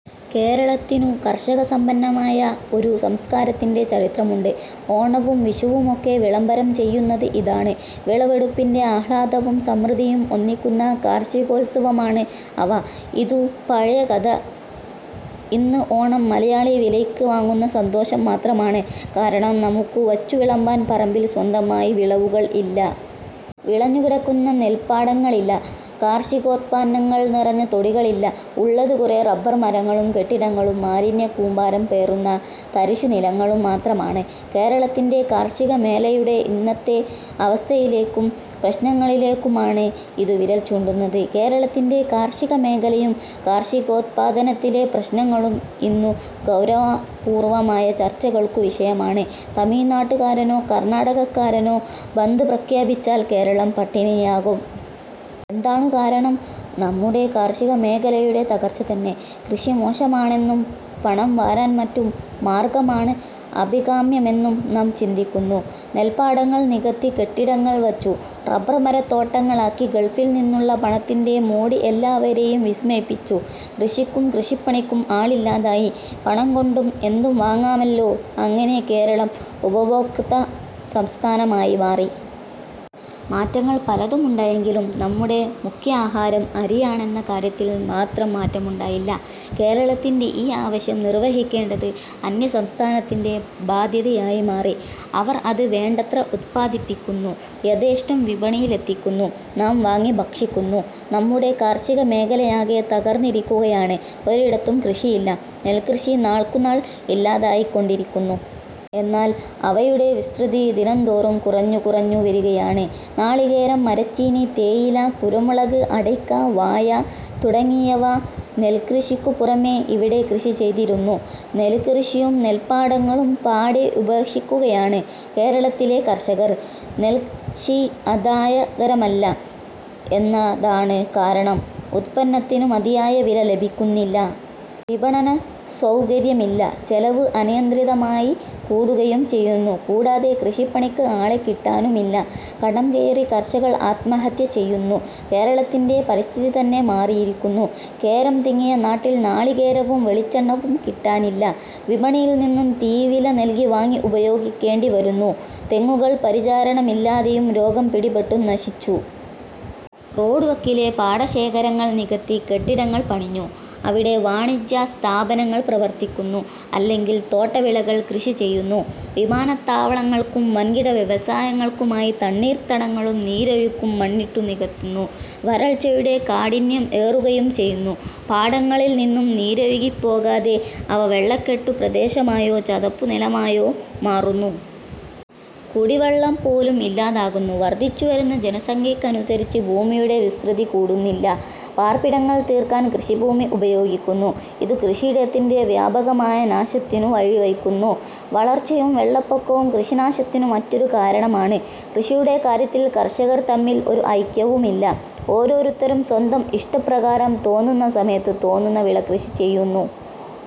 കേരളത്തിനു കാർഷികസമ്പന്നമായ ഒരു സംസ്കാരത്തിന്റെ ചരിത്ര മുണ്ട്. ഓണവും വിഷുവുമൊക്കെ വിളംബരം ചെയ്യുന്നത് ഇതാണ്. വിളവെടുപ്പിന്റെ ആഹ്ലാദവും സമൃദ്ധിയും ഒന്നിക്കുന്ന കാർഷകോത്സവമാണ് അവ. ഇതു പഴയ കഥ. ഇന്ന് ഓണം മലയാളി വിലയ്ക്ക വാങ്ങുന്ന സന്തോഷം മാത്രമാണ്. കാരണം നമുക്കു വച്ചുവിളമ്പാൻ പറമ്പിൽ സ്വന്തമായി വിളവുകൾ ഇല്ല. വിളഞ്ഞുകിടക്കുന്ന നെല്പാട ങ്ങളില്ല. കാർഷികോത്പന്നങ്ങൾ നിറഞ്ഞ തൊടികളില്ല. ഉള്ളത് കുറെ റബ്ബർ മരങ്ങളും കെട്ടിടങ്ങളും മാലിന്യക്കൂമ്പാരം പേറുന്ന തരിശുനി ലങ്ങളും മാത്രമാണ്. കേരളത്തിന്റെ കാർഷികമേലയുടെ ഇന്നത്ത അവസ്ഥയിലേക്കും പ്രശ്നങ്ങളിലേക്കുമാണ് ഇതു വിരൽചൂണ്ടുന്നത്. കേരളത്തിന്റെ കാർഷികമേഖലയും കാർഷികോത്പാദനത്തിലെ പ്രശ്നങ്ങളും ഇന്നു ഗൗരവപൂർവ്വമായ ചർച്ചകൾക്കു വിഷയമാണ്. തമിഴ്നാട്ടുകാരനോ കർണ്ണാടകക്കാരനോ ബന്ദ് പ്രഖ്യാപിച്ചാൽ കേരളം പട്ടിണിയിലാകും. എന്താണു കാരണം? നമ്മുടെ കാർഷികമേഖലയുടെ തകർച്ചതന്നെ. കൃഷി മോശമാണെന്നും പണംവാരാൻ മറ്റു മാർഗ്ഗമാണ് അഭികാമ്യമെന്നും നാം ചിന്തിക്കുന്നു. നെല്പാടങ്ങൾ നികത്തി കെട്ടി ടങ്ങൾവച്ചു. റബ്ബർമരത്തോട്ടങ്ങളാക്കി. ഗൾഫിൽനിന്നുള്ള പണത്തിന്റെ മോടി എല്ലാവരെയും വിസ്മയിപ്പിച്ചു. കൃഷിക്കും കൃഷിപ്പണിക്കും ആളില്ലാതായി. പണംകൊണ്ട് എന്തും വാങ്ങാമല്ലോ. അങ്ങനെ കേരളം ഉപഭോക്തൃത സംസ്ഥാനമായി മാറി. മാറ്റങ്ങൾ പലതുമുണ്ടായെങ്കിലും നമ്മുടെ മുഖ്യാഹാരം അരിയാ ണെന്ന കാര്യത്തിൽ മാത്രം മാറ്റമുണ്ടായില്ല. കേരളത്തിന്റെ ഈ ആവ ശ്യം നിർവഹിക്കേണ്ടത് അന്യസംസ്ഥാനത്തിന്റെ ബാധ്യതയായി മാറി. അവർ അത് വേണ്ടത്ര ഉത്പാദിപ്പിക്കുന്നു. യഥേഷ്ടം വിപണിയിൽ എത്തിക്കുന്നു. നാം വാങ്ങി ഭക്ഷിക്കുന്നു. നമ്മുടെ കാർഷികമേഖലയാകെ തകർന്നിരിക്കുകയാണ്. ഒരിടത്തും കൃഷിയില്ല. നെൽക്ക്യഷി നാൾക്കുനാൾ ഇല്ലാതായിക്കൊണ്ടിരിക്കുന്നു. എന്നാൽ അവയുടെ വിസ്തൃതി ദിനന്തോറും കുറഞ്ഞുകു റഞ്ഞു വരികയാണ്. നാളികേരം, മരച്ചീനി, തേയില, കുരുമുളക്, അട യ്ക്ക, വാഴ തുടങ്ങിയവ നെല്കൃഷിക്കു പുറമേ ഇവിടെ കൃഷി ചെയ്തിരുന്നു. നെല്കൃഷിയും നെല്പാടങ്ങളും പാടേ ഉപേക്ഷിക്കു കയാണ് കേരളത്തിലെ കർഷകർ. നെല്ഷി ആദായകരമല്ല എന്ന താണ് കാരണം. ഉത്പന്നത്തിനു മതിയായ വില ലഭിക്കുന്നില്ല. വിപണന സൗകര്യമില്ല. ചെലവ് അനിയന്ത്രിതമായി കൂടുകയും ചെയ്യുന്നു. കൂടാതെ കൃഷിപ്പണിക്ക് ആളെ കിട്ടാനുമില്ല. കടം കയറി കർഷകർ ആത്മാഹത്യ ചെയ്യുന്നു. കേരളത്തിന്റെ പരിസ്ഥിതിതന്നെ മാറിയിരിക്കുന്നു. കേരം തിങ്ങിയ നാട്ടിൽ നാളികേരവും വെളിച്ചെണ്ണയും കിട്ടാനില്ല. വിപണിയിൽനിന്നും തീവില നൽകി വാങ്ങി ഉപയോഗിക്കേണ്ടിവരുന്നു. തെങ്ങുകൾ പരിച രണമില്ലാതെയും രോഗം പിടിപെട്ടും നശിച്ചു. റോഡുവക്കിലെ പാടശേ ഖരങ്ങൾ നികത്തി കെട്ടിടങ്ങൾ പണിഞ്ഞു. അവിടെ വാണിജ്യസ്ഥാ പനങ്ങൾ പ്രവർത്തിക്കുന്നു. അല്ലെങ്കിൽ തോട്ടവിളകൾ കൃഷി ചെയ്യുന്നു. വിമാനത്താവളങ്ങൾക്കും വൻകിട വ്യവസായങ്ങൾക്കുമായി തണ്ണീർ ത്തടങ്ങളും നീരൊഴുക്കും മണ്ണിട്ടു നികത്തുന്നു. വരൾച്ചയുടെ കാഠി ന്യം ഏറുകയും ചെയ്യുന്നു. പാടങ്ങളിൽനിന്നും നീരൊഴുകിപ്പോകാതെ അവ വെള്ളക്കെട്ടു പ്രദേശമായോ ചതുപ്പുനിലമായോ മാറുന്നു. കുടി വെള്ളപോലും ഇല്ലാതാകുന്നു. വർദ്ധിച്ചുവരുന്ന ജനസംഖ്യയ്ക്കനുസരിച്ച് ഭൂമിയുടെ വിസ്തൃതി കൂടുന്നില്ല. പാർപ്പിടങ്ങൾ തീർക്കാൻ കൃഷിഭൂമി ഉപയോഗിക്കുന്നു. ഇതു കൃഷിയിടത്തിന്റെ വ്യാപകമായ നാശത്തിനു വഴിവയ്ക്കുന്നു. വളർച്ചയും വെള്ളപ്പൊക്കവും കൃഷിനാശത്തിനു മറ്റൊരു കാരണ മാണ്. കൃഷിയുടെ കാര്യത്തിൽ കർഷകർ തമ്മിൽ ഒരു ഐക്യവുമില്ല. ഓരോത്തരും സ്വന്തം ഇഷ്ടപ്രകാരം തോന്നുന്നസമയത്ത് തോന്നുന്ന വിള കൃഷി ചെയ്യുന്നു.